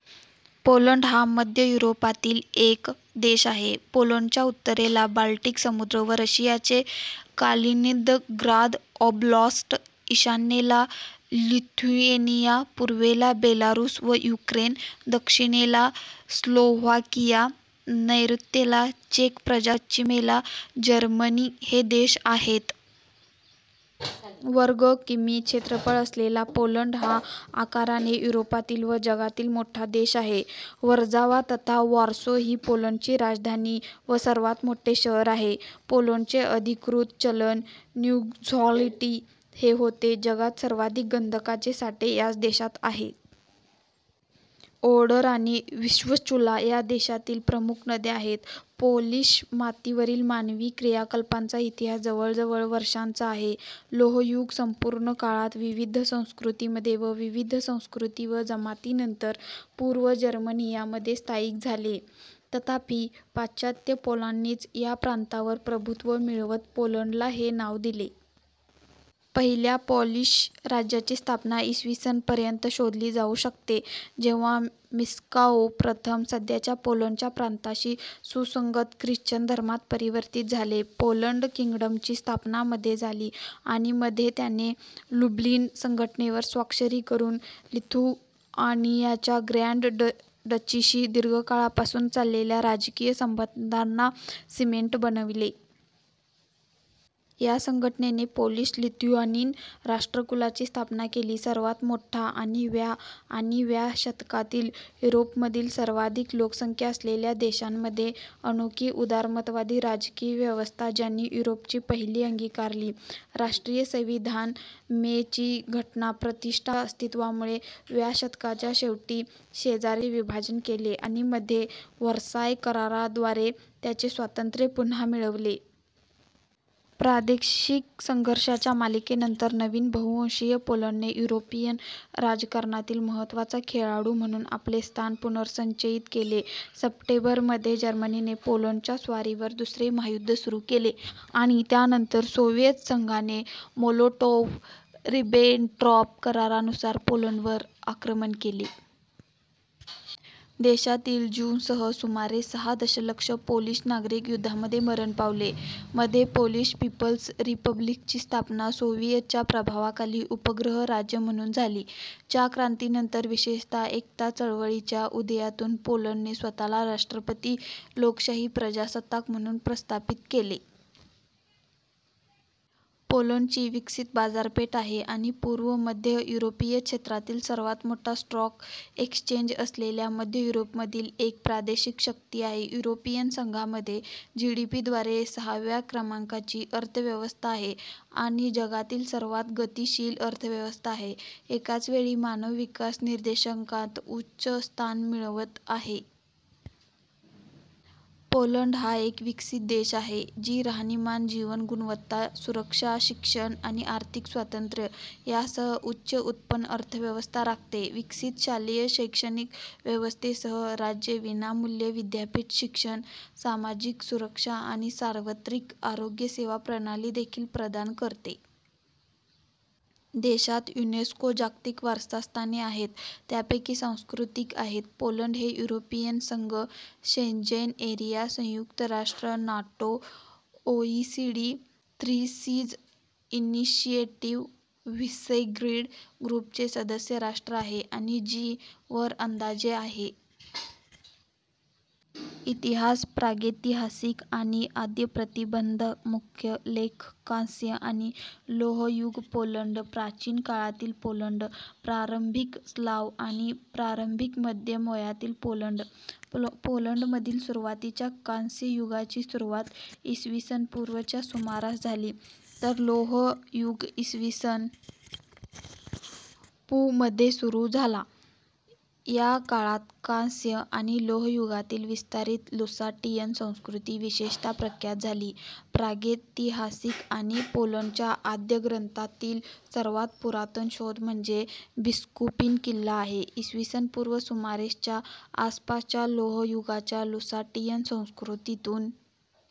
Poland हा मध्य युरोपातील एक देश आहे. पोलंडच्या उत्तरेला बाल्टिक समुद्र व रशियाचे कालिनिनग्राद ओब्लास्ट, ईशान्येला लिथुएनिया, पूर्वेला बेलारूस व युक्रेन, दक्षिणेला स्लोव्हाकिया, नैऋत्येला चेक प्रजासत्ताक तर पश्चिमेला जर्मनी हे देश आहेत. वर्ग किमी क्षेत्रफळ असलेला पोलंड हा आकाराने युरोपातील व जगातील मोठा देश आहे. वर्झावा तथा वॉर्सो ही पोलंडची राजधानी व सर्वात मोठे शहर आहे. पोलंडचे अधिकृत चलन न्यु झ्लॅाटी हे होते. जगात सर्वाधिक गंधकाचे साठे याच देशात आहे. ओडर आणि व्हिस्चुला या देशातील प्रमुख नद्या आहेत. पोलिश मातीवरील मानवी क्रियाकलापांचा इतिहास जवळजवळ वर्षांचा आहे. लोहयुग संपूर्ण काळात विविध संस्कृतींमध्ये व विविध संस्कृती व जमाती नंतर पूर्व जर्मनिया मध्ये स्थायिक झाले. तथापि, पाश्चात्य पोलांनीच या प्रांतावर प्रभुत्व मिळवत पोलंडला हे नाव दिले. पहिल्या पोलिश राज्याची स्थापना इ. स. पर्यंत शोधली जाऊ शकते, जेव्हा मिआस्को प्रथम, सध्याच्या पोलंडच्या प्रांताशी सुसंगत ख्रिश्चन धर्मात परिवर्तित झाले. पोलंड किंगडमची स्थापना मध्ये झाली आणि मध्ये त्याने लुब्लिन संघटनेवर स्वाक्षरी करून लिथुआनियाच्या ग्रँड डचीशी दीर्घकाळपासून चाललेल्या राजकीय संबंधांना सिमेंट बनविले. या संघटनेने पोलिश लिथुआनियन राष्ट्रकुलाची स्थापना केली, सर्वात मोठा आणि व्या आणि व्या शतकातील युरोपमधील सर्वाधिक लोकसंख्या असलेल्या देशांमध्ये, अनोखी उदारमतवादी राजकीय व्यवस्था ज्यांनी युरोपची पहिली अंगीकारली राष्ट्रीय संविधान, मे ची घटना. प्रतिष्ठा आणि समृद्धीच्या अस्तित्वामुळे, व्या शतकाच्या शेवटी शेजारील देशांनी देशाचे विभाजन केले आणि मध्ये व्हर्साय कराराद्वारे त्याचे स्वातंत्र्य पुन्हा मिळवले. प्रादेशिक संघर्षांच्या मालिकेनंतर, नवीन बहु-वंशीय पोलंडने युरोपियन राजकारणातील महत्त्वाचा खेळाडू म्हणून आपले स्थान पुनर्संचयित केले. सप्टेंबर मध्ये जर्मनीने पोलंडच्या स्वारीवर दुसरे महायुद्ध सुरू केले आणि त्यानंतर सोव्हिएत संघाने मोलोटोव्ह – रिबेंट्रॉप करारानुसार पोलंडवर आक्रमण केले. देशातील ज्यूंसह सुमारे सहा दशलक्ष पोलिश नागरिक युद्धामध्ये मरण पावले. मध्ये, पोलिश पीपल्स रिपब्लिकची स्थापना सोव्हिएतच्या प्रभावाखाली उपग्रह राज्य म्हणून झाली. च्या क्रांतीनंतर, विशेषतः एकता चळवळीच्या उदयातून पोलंडने स्वतःला राष्ट्रपती लोकशाही प्रजासत्ताक म्हणून प्रस्थापित केले. ︎ पोलंडची विकसित बाजारपेठ आहे आणि पूर्व मध्य युरोपीय क्षेत्रातील सर्वात मोठा स्टॉक एक्सचेंज असलेल्या मध्य युरोपमधील एक प्रादेशिक शक्ती आहे. युरोपियन संघामध्ये जीडीपी द्वारे सहाव्या क्रमांकाची अर्थव्यवस्था आहे आणि जगातील सर्वात गतीशील अर्थव्यवस्था आहे, एकाच वेळी मानव विकास निर्देशांकात उच्च स्थान मिळवित आहे. पोलंड हा एक विकसित देश आहे, जी राहणीमान, जीवन गुणवत्ता, सुरक्षा, शिक्षण आणि आर्थिक स्वातंत्र्य यासह उच्च-उत्पन्न-अर्थव्यवस्था राखते. विकसित शालेय शैक्षणिक व्यवस्थेसह, राज्य विनामूल्य विद्यापीठ शिक्षण, सामाजिक सुरक्षा आणि सार्वत्रिक आरोग्य सेवा प्रणाली देखील प्रदान करते. देशात युनेस्को जागतिक वारसास्थाने आहेत, त्यापैकी सांस्कृतिक आहेत. पोलंड हे युरोपियन संघ, शेंजेन एरिया, संयुक्त राष्ट्र, NATO, OECD, Three Seas Initiative, Visegrad ग्रुपचे सदस्य राष्ट्र आहे आणि जी - वर अंदाजे आहे. इतिहास प्रागैतिहासिक आणि आद्यप्रतिबंधकमुख्य लेखः कांस्य- आणि लोह-युग पोलंड, प्राचीन काळातील पोलंड, प्रारंभिक स्लाव्ह आणि प्रारंभिक मध्यम वयातील पोलंड. पोलंडमधील सुरुवातीच्या कांस्ययुगाची सुरुवात इ. स. पू. च्या सुमारास झाली, तर लोहयुग इ. स. पू. मध्ये सुरू झाला. या काळात, कांस्य आणि लोह युगांतील विस्तारित लुसाटियन संस्कृती विशेषतः प्रख्यात झाली. प्रागैतिहासिक आणि पोलंडच्या आद्य ग्रंथातील सर्वात पुरातन शोध म्हणजे बिस्कूपिन किल्ला आहे, इ. स. पू. सुमारे च्या आसपासच्या लोहयुगाच्या लुसाटियन संस्कृतीतून.